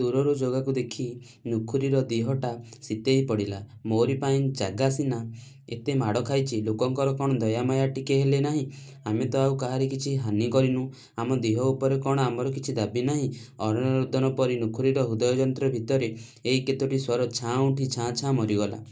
ଦୂରରୁ ଜଗାକୁ ଦେଖି ନୁଖୁରୀର ଦିହଟା ଶୀତେଇ ପଡ଼ିଲା–ମୋରି ପାଇଁ ଜାଗା ସିନା ଏତେ ମାଡ଼ ଖାଇଚି! ଲୋକଙ୍କର କଣ ଦୟାମାୟା ଟିକେ ହେଲେ ନାହିଁ–ଆମେ ତ ଆଉ କାହାରି କିଛି ହାନି କରିନୁ, ଆମ ଦିହ ଉପରେ କଣ ଆମର କିଛି ଦାବି ନାଇଁ– ଅରଣ୍ୟରୋଦନ ପରି ନୁଖୁରୀର ହୃଦୟଯନ୍ତ୍ର ଭିତରେ ଏଇ କେତୋଟି ସ୍ୱର ଛାଁ ଉଠି ଛାଁ ଛାଁ ମରିଗଲା।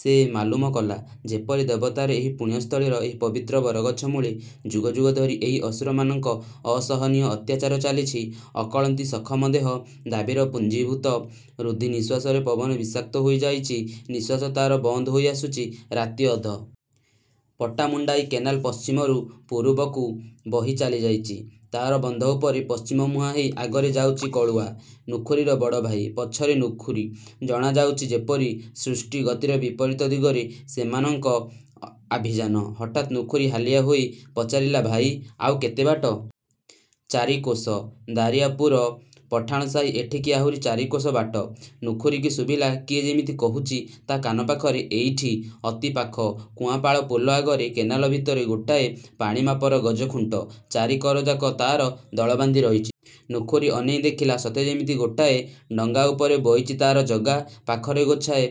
ସେ ମାଲୁମ କଲା, ଯେପରି ଦେବତାର ଏହି ପୁଣ୍ୟସ୍ଥଳୀର ଏହି ପବିତ୍ର ବରଗଛମୂଳେ ଯୁଗଯୁଗ ଧରି ଏହି ଅସୁରମାନଙ୍କ ଅସହନୀୟ ଅତ୍ୟାଚାର ଚାଲିଛି। ଅକଳନ୍ତି ସଖମ ଦେହ–ଦାବିର ପୁଞ୍ଜିଭୂତ ରୁଦ୍ଧି ନିଃଶ୍ୱାସରେ ପବନ ବିଷାକ୍ତ ହୋଇ ଯାଇଚି ନିଃଶ୍ୱାସ ତାର ବନ୍ଦ ହୋଇ ଆସୁଚି– ରାତି ଅଧ। ପଟାମୁଣ୍ଡାଇ କେନାଲ ପଶ୍ଚିମରୁ ପୂରୁବକୁ ବହି ଚାଲିଯାଉଚି। ତା'ର ବନ୍ଧ ଉପରେ ପଶ୍ଚିମମୁହାଁ ହେଇ ଆଗରେ ଯାଉଚି କଳୁଆ, ନୁଖୁରୀର ବଡ଼ଭାଇ, ପଛରେ ନୁଖୁରୀ। ଜଣାଯାଉଚି, ଯେପରି ସୃଷ୍ଟି–ଗତିର ବିପରୀତ ଦିଗରେ ସେମାନଙ୍କ ଆଭିଯାନ। ହଠାତ୍ ନୁଖୁରୀ ହାଲିଆ ହୋଇ ପଚାରିଲା–ଭାଇ, ଆଉ କେତେ ବାଟ–? –ଚାରିକୋଶ, ଦାରିଆ ପୁର ପଠାଣ ସାହି ଏଠିକି ଆହୁରି ଚାରିକୋଶ ବାଟ। ନୁଖୁରୀକି ଶୁଭିଲା, କିଏ ଯେମିତି କହୁଚି, ତା' କାନ ପାଖରେ,–ଏଇଠି, ଅତି ପାଖ– କୁଆଁପାଳ ପୋଲ ଆଗରେ କେନାଲ ଭିତରେ ଗୋଟାଏ ପାଣି ମାପର ଗଜଖୁଣ୍ଟ, ଚାରି କରଯାକ ତାର ଦଳବାନ୍ଧି ରହିଚି। ନୁଖୁରୀ ଅନେଇ ଦେଖିଲା ସତେ ଯେମିତି ଗୋଟାଏ ଡଙ୍ଗା ଉପରେ ବଇଚି ତାର ଜଗା, ପାଖରେ ଗୋଛାଏ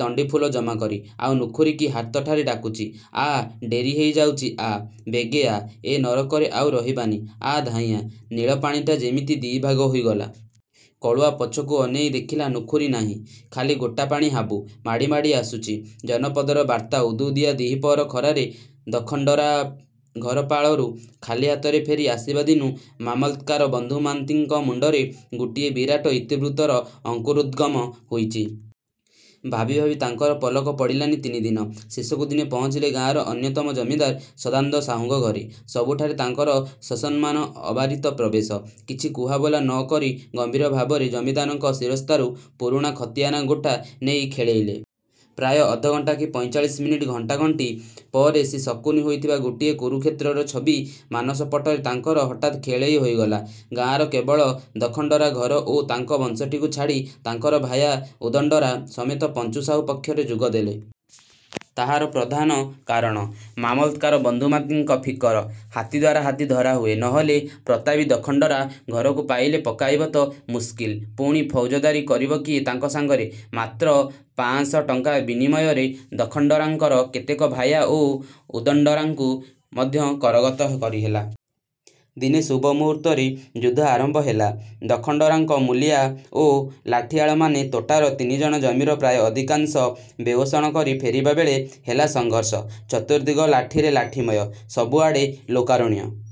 ତଣ୍ଡି ଫୁଲ ଜମାକରି। ଆଉ ନୁଖୁରୀକି ହାତଠାରି ଡାକୁଚି। –ଆ, ଡେରି ହେଇ ଯାଉଚି–ଆ, ବେଗେ ଆ, ଏ ନରକରେ ଆଉ ରହିବାନି–ଆ, ଧାଇଁଆ– ନାଳ ପାଣିଟା ଯେମିତି ଦି' ଭାଗ ହୋଇଗଲା। କଳୁଆ ପଛକୁ ଅନେଇ ଦେଖିଲା ନୁଖୁରୀ ନାହିଁ। ଖାଲି ଗୋଟା ପାଣି ହାବୁ। ମାଡ଼ି ମାଡ଼ି ଆସୁଚି। ଜନପଦର ବାର୍ତ୍ତା ଉଦୁଉଦିଆ ଦିପହର ଖରାରେ ଦଖଣ୍ଡରା' ଘର ପାଳରୁ ଖାଲି ହାତରେ ଫେରି ଆସିବା ଦିନୁ ମାମଲତ୍କାର ବନ୍ଧୁ ମା'ନ୍ତିଙ୍କ ମୁଣ୍ଡରେ ଗୋଟିଏ ବିରାଟ ଇତିବୃତ୍ତର ଅଙ୍କୁରୋଦ୍ଗମ ହୋଇଚି-। ଭାବିଭାବି ତାଙ୍କର ପଲକ ପଡ଼ିଲାନି ତିନି ଦିନ। ଶେଷକୁ ଦିନେ ପହଞ୍ଚିଲେ ଗାଁର ଅନ୍ୟତମ ଜମିଦାର ସଦା'ନ୍ଦ ସାହୁଙ୍କ ଘରେ। ସବୁଠାରେ ତାଙ୍କର ସସମ୍ମାନ ଅବାରିତ ପ୍ରବେଶ। କିଛି କୁହା ବୋଲା ନ କରି ଗମ୍ଭୀର ଭାବରେ ଜମିଦାରଙ୍କ ଶିରସ୍ତାରୁ ପୁରୁଣା ଖତିଆନା ଗୋଟା ନେଇ ଖେଳେଇଲେ। ପ୍ରାୟ ଅଧ ଘଣ୍ଟା କି ପଇଁଚାଳିଶ ମିନିଟ୍ ଘଣ୍ଟାଘଣ୍ଟି ପରେ ସେ ଶକୁନି ହୋଇଥିବା ଗୋଟିଏ କୁରୁକ୍ଷେତ୍ରର ଛବି ମାନସ ପଟରେ ତାଙ୍କର ହଠାତ୍ ଖେଳେଇ ହୋଇଗଲା। ଗାଁର କେବଳ ଦଖଣ୍ଡରା' ଘର ଓ ତାଙ୍କ ବଂଶଟିକୁ ଛାଡ଼ି ତାଙ୍କର ଭାୟା ଉଦଣ୍ଡରା' ସମେତ ପଞ୍ଚୁ ସାହୁ ପକ୍ଷରେ ଯୋଗ ଦେଲେ। ତାହାର ପ୍ରଧାନ କାରଣ, ମାମଲତ୍କାର ବନ୍ଧୁ ମା'ନ୍ତିଙ୍କ ଫିକର, ହାତୀଦ୍ୱାରା ହାତୀ ଧରା ହୁଏ। ନ ହେଲେ ପ୍ରତାପୀ ଦଖଣ୍ଡରା'–ଘରକୁ ପାଲରେ ପକାଇବା ତ ମୁସ୍କିଲ୍, ପୁଣି ଫୌଜଦାରୀ କରିବ କିଏ ତାଙ୍କ ସାଙ୍ଗରେ। ମାତ୍ର ପାଁଶ'ଟଙ୍କା ବିନିମୟରେ ଦଖଣ୍ଡରା'ଙ୍କର କେତେକ ଭାୟା ଓ ଉଦଣ୍ଡରା'ଙ୍କୁ ମଧ୍ୟ କରଗତ କରିହେଲା। ଦିନେ ଶୁଭ ମୁହୂର୍ତ୍ତରେ ଯୁଦ୍ଧ ଆରମ୍ଭ ହେଲା। ଦଖଣ୍ଡରା'ଙ୍କ ମୂଲିଆ ଓ ଲାଠିଆଳମାନେ ତୋଟାର ତିନିମାଣ ଜମିର ପ୍ରାୟ ଅଧିକାଂଶ ବେଉଷଣ କରି ଫେରିବାବେଳେ, ହେଲା ସଂଘର୍ଷ। ଚତୁର୍ଦ୍ଦିଗ ଲାଠିରେ ଲାଠିମୟ। ସବୁଆଡ଼େ ଲୋକାରଣ୍ୟ,